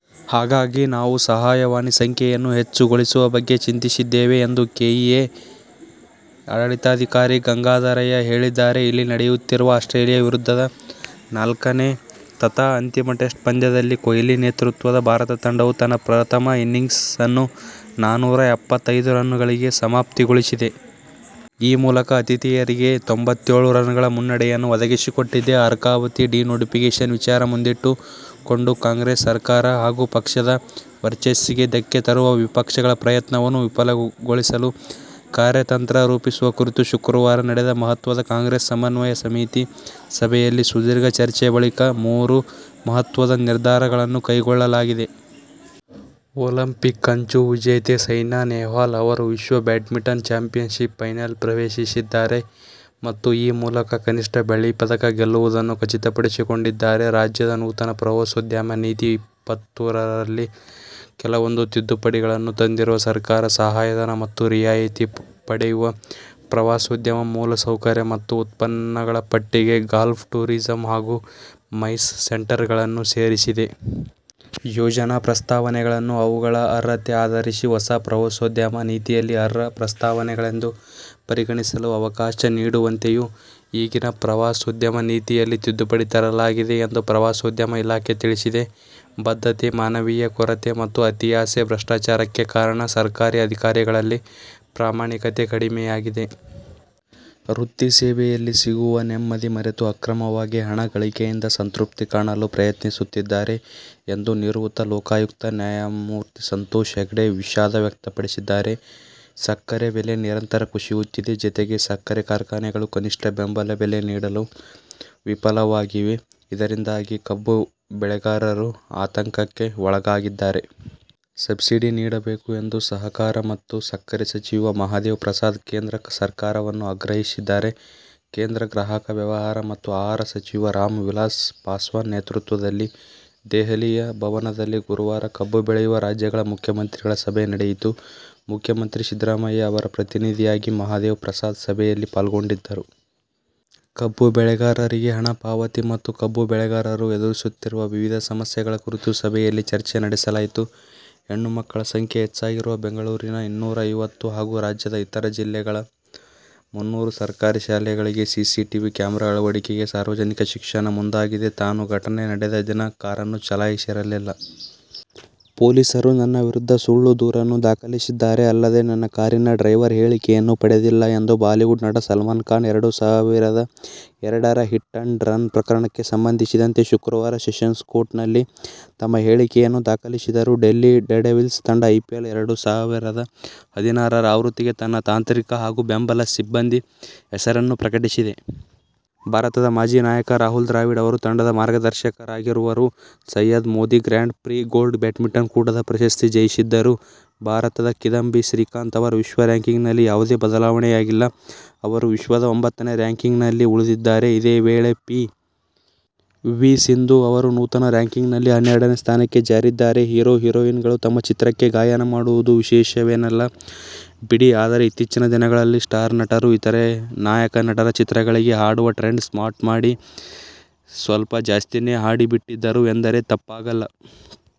ಹಾಗಾಗಿ ನಾವು ಸಹಾಯವಾಣಿ ಸಂಖ್ಯೆಯನ್ನು ಹೆಚ್ಚುಗೊಳಿಸುವ ಬಗ್ಗೆ ಚಿಂತಿಸಿದ್ದೇವೆ ಎಂದು ಕೆಇಎ ಆಡಳಿತಾಧಿಕಾರಿ ಗಂಗಾಧರಯ್ಯ ಹೇಳಿದ್ದಾರೆ. ಇಲ್ಲಿ ನಡೆಯುತ್ತಿರುವ ಆಸ್ಟ್ರೇಲಿಯಾ ವಿರುದ್ಧದ ನಾಲ್ಕನೇ ತಥಾ ಅಂತಿಮ ಟೆಸ್ಟ್ ಪಂದ್ಯದಲ್ಲಿ ಕೊಹ್ಲಿ ನೇತೃತ್ವದ ಭಾರತ ತಂಡವು ತನ್ನ ಪ್ರಥಮ ಇನ್ನಿಂಗ್ಸ್ ಅನ್ನು ನಾನೂರ ಎಪ್ಪತ್ತೈದು ರನ್ನುಗಳಿಗೆ ಸಮಾಪ್ತಿಗೊಳಿಸಿದೆ. ಈ ಮೂಲಕ ಆತಿಥೇಯರಿಗೆ ತೊಂಬತ್ತೇಳು ರನ್ನುಗಳ ಮುನ್ನಡೆಯನ್ನು ಒದಗಿಸಿಕೊಟ್ಟಿದೆ. ಅರ್ಕಾವತಿ ಡಿನೋಟಿಫಿಕೇಷನ್ ವಿಚಾರ ಮುಂದಿಟ್ಟು ಕೊಂಡು ಕಾಂಗ್ರೆಸ್ ಸರಕಾರ ಹಾಗೂ ಪಕ್ಷದ ವರ್ಚಸ್ಸಿಗೆ ಧಕ್ಕೆ ತರುವ ವಿಪಕ್ಷಗಳ ಪ್ರಯತ್ನವನ್ನು ವಿಫಲಗೊಳಿಸಲು ಕಾರ್ಯ ತಂತ್ರ ರೂಪಿಸುವ ಕುರಿತು ಶುಕ್ರವಾರ ನಡೆದ ಮಹತ್ವದ ಕಾಂಗ್ರೆಸ್ ಸಮನ್ವಯ ಸಮಿತಿ ಸಭೆಯಲ್ಲಿ ಸುದೀರ್ಘ ಚರ್ಚೆ ಬಳಿಕ ಮೂರು ಮಹತ್ವದ ನಿರ್ಧಾರಗಳನ್ನು ಕೈಗೊಳ್ಳಲಾಗಿದೆ. ಒಲಿಂಪಿಕ್ ಕಂಚು ವಿಜೇತೆ ಸೈನಾ ನೆಹ್ವಾಲ್ ಅವರು ವಿಶ್ವ ಬ್ಯಾಡ್ಮಿಂಟನ್ ಚಾಂಪಿಯನ್ಶಿಪ್ನ ಫೈನಲ್ ಪ್ರವೇಶಿಸಿದ್ದಾರೆ ಮತ್ತು ಈ ಮೂಲಕ ಕನಿಷ್ಠ ಬೆಳ್ಳಿ ಪದಕ ಗೆಲ್ಲುವುದನ್ನು ಖಚಿತಪಡಿಸಿಕೊಂಡಿದ್ದಾರೆ. ರಾಜ್ಯದ ನೂತನ "ಪ್ರವಾಸೋದ್ಯಮ ನೀತಿ -ಇಪ್ಪತ್ತುರಲ್ಲಿ ಕೆಲವೊಂದು ತಿದ್ದುಪಡಿಗಳನ್ನು ತಂದಿರುವ ಸರ್ಕಾರ ಸಹಾಯಧನ ಮತ್ತು ರಿಯಾಯಿತಿ ಪಡೆಯುವ ಪ್ರವಾಸೋದ್ಯಮ ಮೂಲ ಸೌಕರ್ಯ ಮತ್ತು ಉತ್ಪನ್ನಗಳಪಟ್ಟಿಗೆ "ಗಾಲ್ಫ್ ಟೂರಿಸಂ' ಹಾಗೂ "ಮೈಸ್ ಸೆಂಟರ್'ಗಳನ್ನು ಸೇರಿಸಿದೆ. ಯೋಜನಾ ಪ್ರಸ್ತಾವನೆಗಳನ್ನು ಅವುಗಳ ಅರ್ಹತೆ ಆಧರಿಸಿ ಹೊಸ ಪ್ರವಾಸೋದ್ಯಮ ನೀತಿಯಲ್ಲಿ ಅರ್ಹ ಪ್ರಸ್ತಾವನೆಗಳೆಂದು ಪರಿಗಣಿಸಲು ಅವಕಾಶ ನೀಡುವಂತೆಯೂ ಈಗಿನ ಪ್ರವಾಸೋದ್ಯಮ ನೀತಿಯಲ್ಲಿ ತಿದ್ದುಪಡಿ ತರಲಾಗಿದೆ ಎಂದು ಪ್ರವಾಸೋದ್ಯಮ ಇಲಾಖೆ ತಿಳಿಸಿದೆ. ಬದ್ಧತೆ, ಮಾನವೀಯ ಕೊರತೆ ಮತ್ತು ಅತಿಯಾಸೆ ಭ್ರಷ್ಟಾಚಾರಕ್ಕೆ ಕಾರಣ. ಸರ್ಕಾರಿ ಅಧಿಕಾರಿಗಳಲ್ಲಿ ಪ್ರಾಮಾಣಿಕತೆ ಕಡಿಮೆಯಾಗಿದೆ. ವೃತ್ತಿ ಸೇವೆಯಲ್ಲಿ ಸಿಗುವ ನೆಮ್ಮದಿ ಮರೆತು ಅಕ್ರಮವಾಗಿ ಹಣ ಗಳಿಕೆಯಿಂದ ಸಂತೃಪ್ತಿ ಕಾಣಲು ಪ್ರಯತ್ನಿಸುತ್ತಿದ್ದಾರೆ ಎಂದು ನಿವೃತ್ತ ಲೋಕಾಯುಕ್ತ ನ್ಯಾ. ಸಂತೋಷ್ ಹೆಗಡೆ ವಿಷಾದ ವ್ಯಕ್ತಪಡಿಸಿದ್ದಾರೆ. ಸಕ್ಕರೆ ಬೆಲೆ ನಿರಂತರ ಕುಸಿಯುತ್ತಿದೆ. ಜತೆಗೆ, ಸಕ್ಕರೆ ಕಾರ್ಖಾನೆಗಳು ಕನಿಷ್ಠ ಬೆಂಬಲ ಬೆಲೆ ನೀಡಲು ವಿಫಲವಾಗಿವೆ. ಇದರಿಂದಾಗಿ ಕಬ್ಬು ಬೆಳೆಗಾರರು ಆತಂಕಕ್ಕೆ ಒಳಗಾಗಿದ್ದಾರೆ. ಸಬ್ಸಿಡಿ ನೀಡಬೇಕು ಎಂದು ಸಹಕಾರ ಮತ್ತು ಸಕ್ಕರೆ ಸಚಿವ ಮಹಾದೇವ ಪ್ರಸಾದ್ ಕೇಂದ್ರ ಸರ್ಕಾರವನ್ನು ಆಗ್ರಹಿಸಿದ್ದಾರೆ. ಕೇಂದ್ರ ಗ್ರಾಹಕ ವ್ಯವಹಾರ ಮತ್ತು ಆಹಾರ ಸಚಿವ ರಾಮ್ ವಿಲಾಸ್ ಪಾಸ್ವಾನ್ ನೇತೃತ್ವದಲ್ಲಿ ದೆಹಲಿಯ ಭವನದಲ್ಲಿ ಗುರುವಾರ ಕಬ್ಬು ಬೆಳೆಯುವ ರಾಜ್ಯಗಳ ಮುಖ್ಯಮಂತ್ರಿಗಳ ಸಭೆ ನಡೆಯಿತು. ಮುಖ್ಯಮಂತ್ರಿ ಸಿದ್ದರಾಮಯ್ಯ ಅವರ ಪ್ರತಿನಿಧಿಯಾಗಿ ಮಹದೇವ ಪ್ರಸಾದ್ ಸಭೆಯಲ್ಲಿ ಪಾಲ್ಗೊಂಡಿದ್ದರು. ಕಬ್ಬು ಬೆಳೆಗಾರರಿಗೆ ಹಣ ಪಾವತಿ ಮತ್ತು ಕಬ್ಬು ಬೆಳೆಗಾರರು ಎದುರಿಸುತ್ತಿರುವ ವಿವಿಧ ಸಮಸ್ಯೆಗಳ ಕುರಿತು ಸಭೆಯಲ್ಲಿ ಚರ್ಚೆ ನಡೆಸಲಾಯಿತು. ಹೆಣ್ಣುಮಕ್ಕಳ ಸಂಖ್ಯೆ ಹೆಚ್ಚಾಗಿರುವ ಬೆಂಗಳೂರಿನ ಇನ್ನೂರೈವತ್ತು ಹಾಗೂ ರಾಜ್ಯದ ಇತರೆ ಜಿಲ್ಲೆಗಳ ಮುನ್ನೂರು ಸರ್ಕಾರಿ ಶಾಲೆಗಳಿಗೆ ಸಿಸಿಟಿವಿ ಕ್ಯಾಮರಾ ಅಳವಡಿಕೆಗೆ ಸಾರ್ವಜನಿಕ ಶಿಕ್ಷಣ ಮುಂದಾಗಿದೆ. ತಾನು ಘಟನೆ ನಡೆದ ದಿನ ಕಾರನ್ನು ಚಲಾಯಿಸಿರಲಿಲ್ಲ. ಪೊಲೀಸರು ನನ್ನ ವಿರುದ್ಧ ಸುಳ್ಳು ದೂರನ್ನು ದಾಖಲಿಸಿದ್ದಾರೆ. ಅಲ್ಲದೇ ನನ್ನ ಕಾರಿನ ಡ್ರೈವರ್ ಹೇಳಿಕೆಯನ್ನೂ ಪಡೆದಿಲ್ಲ ಎಂದು ಬಾಲಿವುಡ್ ನಟ ಸಲ್ಮಾನ್ ಖಾನ್ ಎರಡು ಸಾವಿರದ ಎರಡರ ಹಿಟ್ ಅಂಡ್ ರನ್ ಪ್ರಕರಣಕ್ಕೆ ಸಂಬಂಧಿಸಿದಂತೆ ಶುಕ್ರವಾರ ಸೆಷನ್ಸ್ ಕೋರ್ಟ್ ನಲ್ಲಿ ತಮ್ಮ ಹೇಳಿಕೆಯನ್ನು ದಾಖಲಿಸಿದರು. ಡೆಲ್ಲಿ ಡೇರ್ಡೆವಿಲ್ಸ್ ತಂಡ ಐಪಿಎಲ್ ಎರಡು ಸಾವಿರದ ಹದಿನಾರರ ಆವೃತ್ತಿಗೆ ತನ್ನ ತಾಂತ್ರಿಕ ಹಾಗೂ ಬೆಂಬಲ ಸಿಬಂದಿ ಹೆಸರನ್ನು ಪ್ರಕಟಿಸಿದೆ. ಭಾರತದ ಮಾಜಿ ನಾಯಕ ರಾಹುಲ್ ದ್ರಾವಿಡ್ ಅವರು ತಂಡದ ಮಾರ್ಗದರ್ಶಕರಾಗಿರುವರು. Syed Modi Grand Prix Gold badminton ಕೂಟದ ಪ್ರಶಸ್ತಿ ಜಯಿಸಿದ್ದರೂ ಭಾರತದ ಕಿದಂಬಿ ಶ್ರೀಕಾಂತ್ ಅವರ ವಿಶ್ವ ರ‍್ಯಾಂಕಿಂಗ್ ನಲ್ಲಿ ಯಾವುದೇ ಬದಲಾವಣೆಯಾಗಿಲ್ಲ. ಅವರು ವಿಶ್ವದ ಒಂಬತ್ತನೇ ರ‍್ಯಾಂಕಿಂಗ್ ನಲ್ಲಿ ಉಳಿದಿದ್ದಾರೆ. ಇದೇ ವೇಳೆ ಪಿ. ವಿ. ಸಿಂಧು ಅವರು ನೂತನ ರ‍್ಯಾಂಕಿಂಗ್ ನಲ್ಲಿ ಹನ್ನೆರಡನೇ ಸ್ಥಾನಕ್ಕೆ ಜಾರಿದ್ದಾರೆ. ಹೀರೊ-ಹೀರೊಯಿನ್'ಗಳು ತಮ್ಮ ಚಿತ್ರಕ್ಕೆ ಗಾಯನ ಮಾಡುವುದು ವಿಶೇಷವೇನಲ್ಲ ಬಿಡಿ ಆದರೆ ಇತ್ತೀಚಿನ ದಿನಗಳಲ್ಲಿ ಸ್ಟಾರ್ ನಟರು ಇತರೆ ನಾಯಕ ನಟರ ಚಿತ್ರಗಳಿಗೆ ಹಾಡುವ ಟ್ರೆಂಡ್ ಸ್ಟಾರ್ಟ್ ಮಾಡಿ ಸ್ವಲ್ಪ ಜಾಸ್ತಿನೇ ಹಾಡಿಬಿಟ್ಟಿದ್ದರು ಎಂದರೆ ತಪ್ಪಾಗಲ್ಲ.